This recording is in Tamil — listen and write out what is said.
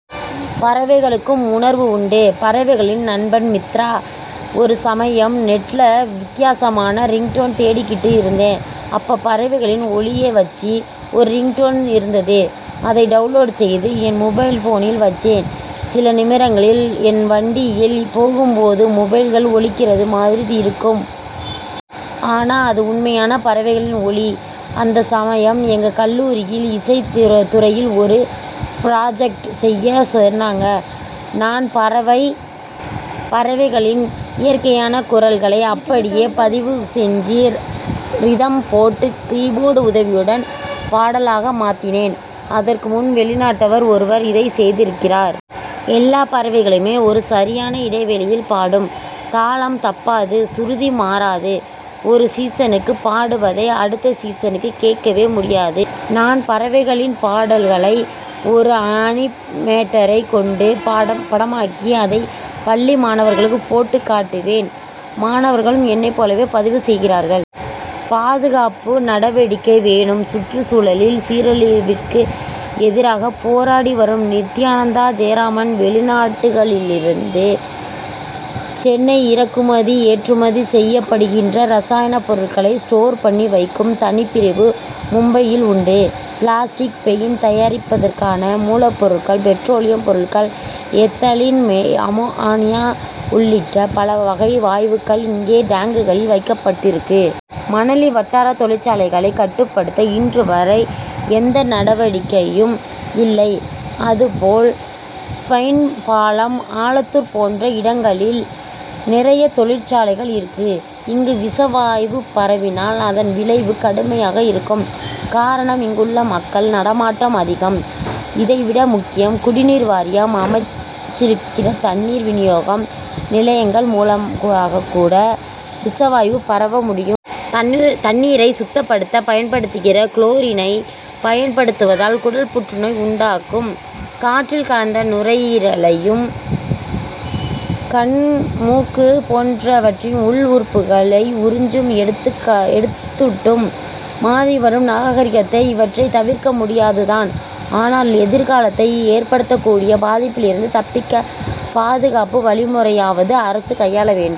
பறவைகளுக்கும் உணர்வு உண்டு: பறவைகளின் நண்பன் மித்ரா: ஒரு சமயம், நெட்ல வித்தியாசமான ரிங்டோன் தேடிக்கிட்டு இருந்தேன். அப்ப, பறவைகளின் ஒலிய வச்சு ஒரு ரிங்டோன் இருந்தது. அதை டவுன்லோட் செய்து, என் மொபைல் போனில் வச்சேன். சில நேரங்களில் நான் வண்டியில் போகும்போது, மொபைல் ஒலிக்கிற மாதிரியே இருக்கும். ஆனா, அது உண்மையான பறவைகளின் ஒலி. அந்த சமயம், எங்க கல்லூரியில் இசைத் துறையில் ஒரு புராஜெக்ட் செய்ய சொன்னாங்க. நான் பறவைகளின் இயற்கையான குரல்களை அப்படியே பதிவு செஞ்சு, ரிதம் பேட் கீ போர்ட் உதவியுடன் பாடல்களா மாத்தினேன். இதற்கு முன், வெளிநாட்டவர் ஒருவர் இதை செய்திருக்கிறார். எல்லா பறவையுமே ஒரு சரியான இடைவெளியில் பாடும். தாளம் தப்பாது, ஸ்ருதி மாறாது, ஒரு சீசனுக்குப் பாடுவதை, அடுத்த சீசனுக்கு கேட்கவே முடியாது. நான் பறவைகளின் பாடல்களை ஒரு அனிமேட்டரைக் கொண்டு படமாக்கி, அதை பள்ளி மாணவர்களுக்கு போட்டும் காட்டுவேன். மாணவர்களும் என்னைப் போலவே பதிவு செய்கின்றனர். பாதுகாப்பு நடவடிக்கை வேணும்: சுற்றுச்சூழல் சீரழிவிற்கு எதிராகப் போராடி வரும் நித்யானந்த் ஜெயராமன்: வெளிநாடுகளிலிருந்து சென்னைக்கு இறக்குமதி, ஏற்றுமதி செய்யப்படுகிற ரசாயனப் பொருட்களை ஸ்டோர் பண்ணி வைக்கும் தனிப்பிரிவு மும்பையில் உண்டு. பிளாஸ்டிக், பெயின்ட் தயாரிப்பதற்கான மூலப்பொருட்கள், பெட்ரோலியப் பொருள்கள், எத்திலீன், அமோனியா உள்ளிட்ட பல வகை வாயுக்கள் இங்கே டேங்குகளில் வைக்கப்பட்டிருக்கு. மணலி வட்டாரத் தொழிற்சாலைகளைக் கட்டுப்படுத்த, இன்று வரை எந்த நடவடிக்கையும் இல்லை. அதுபோல், பேசின் பாலம், ஆலந்தூர் போன்ற இடங்களிலும் நிறைய தொழிற்சாலைகள் இருக்கு; இங்கு விஷவாயு பரவினால், அதன் விளைவு கடுமையாக இருக்கும். காரணம் இங்கு மக்கள் நடமாட்டம் அதிகம். இதை விட முக்கியம், குடிநீர் வாரியம் அமைச்சிருக்கிற தண்ணீர் வினியோக நிலையங்கள் மூலமா கூட விஷவாயு பரவ முடியும். தண்ணீரை சுத்தப்படுத்த பயன்படுத்துற குளோரினை பயன்படுத்துவதால், குடல் புற்று நோயை உண்டாக்கும். காற்றில் கலந்தால், நுரையீரலையும் கண், மூக்கு போன்றவற்றின் உள் உறுப்புகளையும் உரிச்சு எடுத்துடும். மாறிவரும் நாகரிகத்தில் இவற்றை தவிர்க்க முடியாது தான்; ஆனால், எதிர்காலத்தில் ஏற்படக்கூடிய பாதிப்பிலிருந்து தப்பிக்க, பாதுகாப்பு வழிமுறையையாவது அரசு கையாள வேண்டும்.